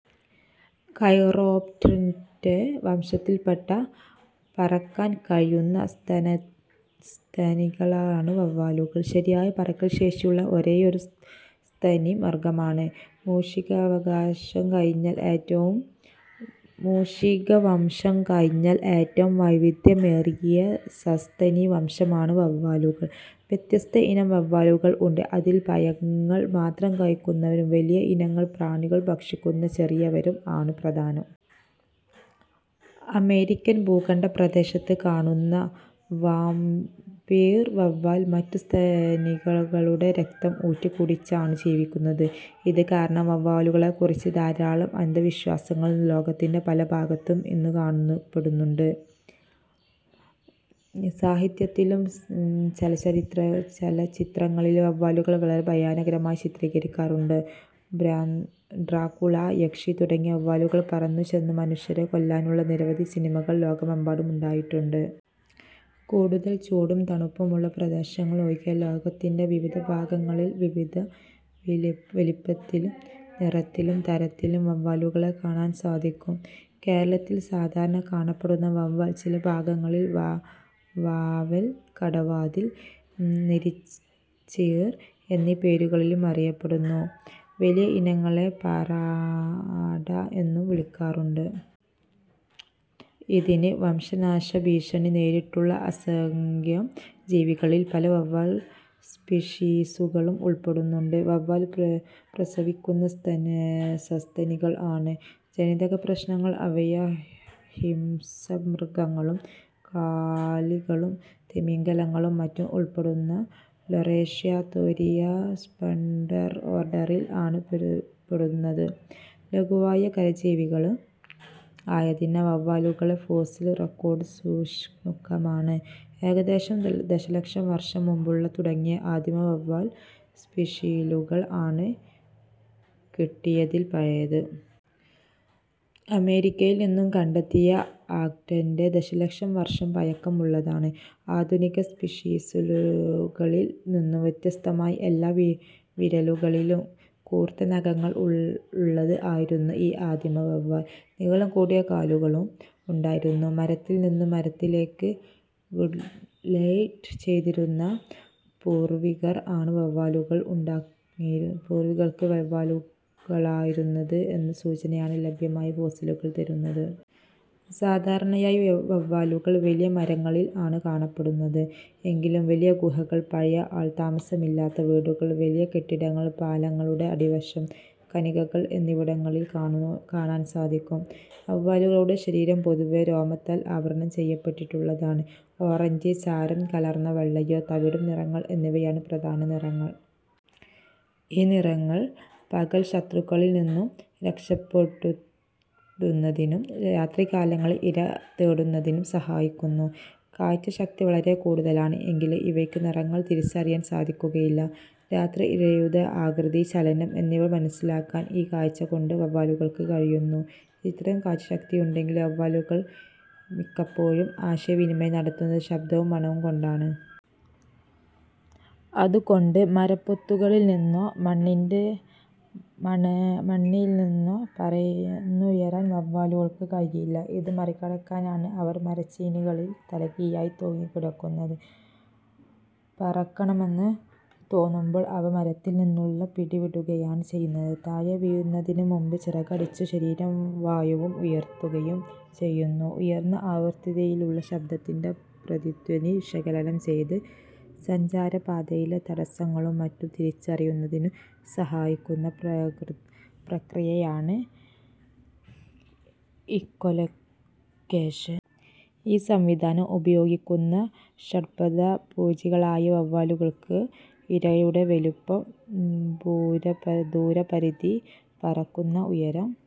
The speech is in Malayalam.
കൈറോപ്റ്റെറ വംശത്തിൽപ്പെട്ട പറക്കാൻ കഴിയുന്ന സസ്തനികളാണ് വവ്വാലുകൾ. ശരിയായ പറക്കൽ ശേഷിയുള്ള ഒരേയൊരു സസ്തനി മൃഗമാണ്. മൂഷികവംശം കഴിഞ്ഞാൽ ഏറ്റവും വൈവിധ്യമേറിയ സസ്തനി വംശമാണ് വവ്വാലുകൾ. വ്യത്യസ്ത ഇനം വവ്വാലുകൾ ഉണ്ട്. ഇതിൽ പഴങ്ങൾ മാത്രം കഴിയ്ക്കുന്ന വലിയ ഇനങ്ങളും പ്രാണികളെ ഭക്ഷിക്കുന്ന ചെറിയവയും ആണ് പ്രധാനം. അമേരിക്കൻ ഭുപ്രദേശത്ത് കാന്നുന്ന വാമ്പീർ വവ്വാൽ മറ്റു സസ്തനികളുടെ രക്തം ഊറ്റി കുടിച്ചാണു ജീവിക്കുന്നത്. ഇത് കാരണം, വവ്വാലുകളെക്കുറിച്ച് ധാരാളം അന്ധവിശ്വാസങ്ങൾ ലോകത്തിന്റെ പല ഭാഗങ്ങളിലും ഇന്നും കാണുന്നുണ്ട്. സാഹിത്യത്തിലും ചലച്ചിത്രങ്ങളിലും വവ്വാലുകളെ വളരെ ഭയാനകമായി ചിത്രീകരിക്കാറുണ്ട്. ദ്രാക്കുള, യക്ഷി തുടങ്ങിയവ വവ്വാലുകളായി പറന്നുചെന്ന് മനുഷ്യരെ കൊല്ലുന്ന നിരവധി സിനിമകൾ ലോകമെമ്പാടും ഉണ്ടായിട്ടുണ്ട്. കൂടുതൽ ചൂടും, തണുപ്പും ഉള്ള പ്രദേശങ്ങൾ ഒഴികെ ലോകത്തിന്റെ വിവിധ ഭാഗങ്ങളിൽ വിവിധ വലിപ്പത്തിലും നിറത്തിലും തരത്തിലും വവ്വാലുകളെ കാണാൻ സാധിക്കും. കേരളത്തിൽ സാധാരണ കാണപ്പെടുന്ന വവ്വാൽ ചില ഭാഗങ്ങളിൽ വാവൽ, കടവാതിൽ, നരിച്ചീറ് എന്നീ പേരുകളിലും അറിയപ്പെടുന്നു. വലിയ ഇനങ്ങളെ പാറാട എന്നും വിളിക്കാറുണ്ട്. ഇന്ന് വംശനാശഭീഷണി നേരിടുന്ന അസംഖ്യം ജീവികളിൽ പല വവ്വാൽ സ്പീഷീസുകളും ഉൾപ്പെടുന്നു. വവ്വാലുകൾ പ്രസവിക്കുന്ന സസ്തനികൾ ആണ്. ജനിതകപഠനങ്ങൾ അവയെ ഹിംസ്രമൃഗങ്ങളും കാലികളും തിമിംഗിലങ്ങളും മറ്റും ഉൾപ്പെടുന്ന ലോറേഷ്യാതേരിയ സൂപ്പർഓർഡറിൽ ആണ് പെടുത്തുന്നത്. ലഘുവായ കരജീവികൾ ആയതിനാൽ വവ്വാലുകളുടെ ഫോസിൽ റെക്കോഡ് ശുഷ്കമാണ്. ഏകദേശം ദശലക്ഷം വർഷം മുൻപുള്ള, തുടങ്ങിയ ആദിമ വവ്വാൽ സ്പീഷീസുകൾ ആണ് കിട്ടിയതിൽ പഴയത്. അമേരിക്കയിൽ നിന്നും കണ്ടെത്തിയ ആകട്ടെ ദശലക്ഷം വർഷം പഴക്കം ഉള്ളതാണ്. ആധുനിക സ്പീഷീസുകളിൽ നിന്നും വ്യത്യസ്തമായി എല്ലാ വിരലുകളിലും കൂർത്ത നഖങ്ങൾ ഉള്ളത് ആയിരുന്നു ഈ ആദിമ വവ്വാൽ. നീളം കൂടിയ കാലുകളും ഉണ്ടായിരുന്നു. മരത്തിൽ നിന്നും മരത്തിലേക്ക് ഗ്ലൈഡ് ചെയ്തിരുന്ന പൂർവികർ ആണ് വവ്വാലുകൾക്ക് ഉണ്ടായിരുന്നത് എന്ന സൂചനയാണ് ലഭ്യമായ ഫോസിലുകൾ തരുന്നത്. സാധാരണയായി വവ്വാലുകൾ വലിയ മരങ്ങളിൽ ആണ് കാണപ്പെടുന്നത്. എങ്കിലും വലിയ ഗുഹകൾ, പഴയ ആൾ താമസമില്ലാത്ത വീടുകൾ, വലിയ കെട്ടിടങ്ങൾ, പാലങ്ങളുടെ അടിവശം, ഖനികൾ എന്നിവിടങ്ങളിലും കാണാൻ സാധിക്കും. വവ്വാലുകളുടെ ശരീരം പൊതുവേ രോമത്താൽ ആവരണം ചെയ്യപ്പെട്ടിട്ടുള്ളതാണ്. ഓറഞ്ച്, ചാരം കലർന്ന വെള്ളയോ തവിട്ടോ നിറങ്ങൾ എന്നിവയാണ് പ്രധാന നിറങ്ങൾ. ഈ നിറങ്ങൾ പകൽ ശത്രുക്കളിൽ നിന്നും രക്ഷപ്പെടുന്നതിനും രാത്രികാലങ്ങളിൽ ഇര തേടുന്നതിനും സഹായിക്കുന്നു. കാഴ്ചശക്തി വളരെ കൂടുതലാണ്. എങ്കിലും ഇവയ്ക്ക് നിറങ്ങൾ തിരിച്ചറിയാൻ സാധിക്കുകയില്ല. രാത്രിയിൽ ഇരയുടെ ആകൃതി, ചലനം എന്നിവ മനസ്സിലാക്കാൻ ഈ കാഴ്ചകൊണ്ട് വവ്വാലുകൾക്ക് കഴിയുന്നു. ഇത്രയും കാഴ്ചശക്തിയുണ്ടെങ്കിലും വവ്വാലുകൾ മിക്കപ്പോഴും ആശയവിനിമയം നടത്തുന്നത് ശബ്ദവും മണവും കൊണ്ടാണ്. അതുകൊണ്ട് മരപ്പൊത്തുകളിൽനിന്നോ മണ്ണിൽ നിന്നോ പറന്നുയരാൻ വവ്വാലുകൾക്ക് കഴിയില്ല. ഇത് മറികടക്കാനാണ് അവ മരച്ചില്ലകളിൽ തലകീഴായി തൂങ്ങിക്കിടക്കുന്നത്. പറക്കണമെന്ന് തോന്നുമ്പോൾ അവ മരത്തിൽ നിന്നുള്ള പിടിവിടുകയാണ് ചെയ്യുന്നത്. താഴെ വീഴുന്നതിനുമുമ്പ് ചിറകടിച്ച് ശരീരം വായുവിൽ ഉയർത്തുകയും ചെയ്യുന്നു. ഉയർന്ന ആവൃത്തിയിലുള്ള ശബ്ദത്തിന്റെ പ്രതിധ്വനി വിശകലനം ചെയ്ത് സഞ്ചാരപാതയിലെ തടസ്സങ്ങളും മറ്റും തിരിച്ചറിയുന്നതിനു സഹായിക്കുന്ന പ്രക്രിയയാണ് ഇക്കോലൊക്കേഷൻ. ഈ സംവിധാനം ഉപയോഗിക്കുന്ന ഷഡ്പദഭോജികളായ വാവലുകൾക്ക് ഇരയുടെ വലിപ്പം, ദൂരപരിധി, പറക്കുന്ന ഉയം,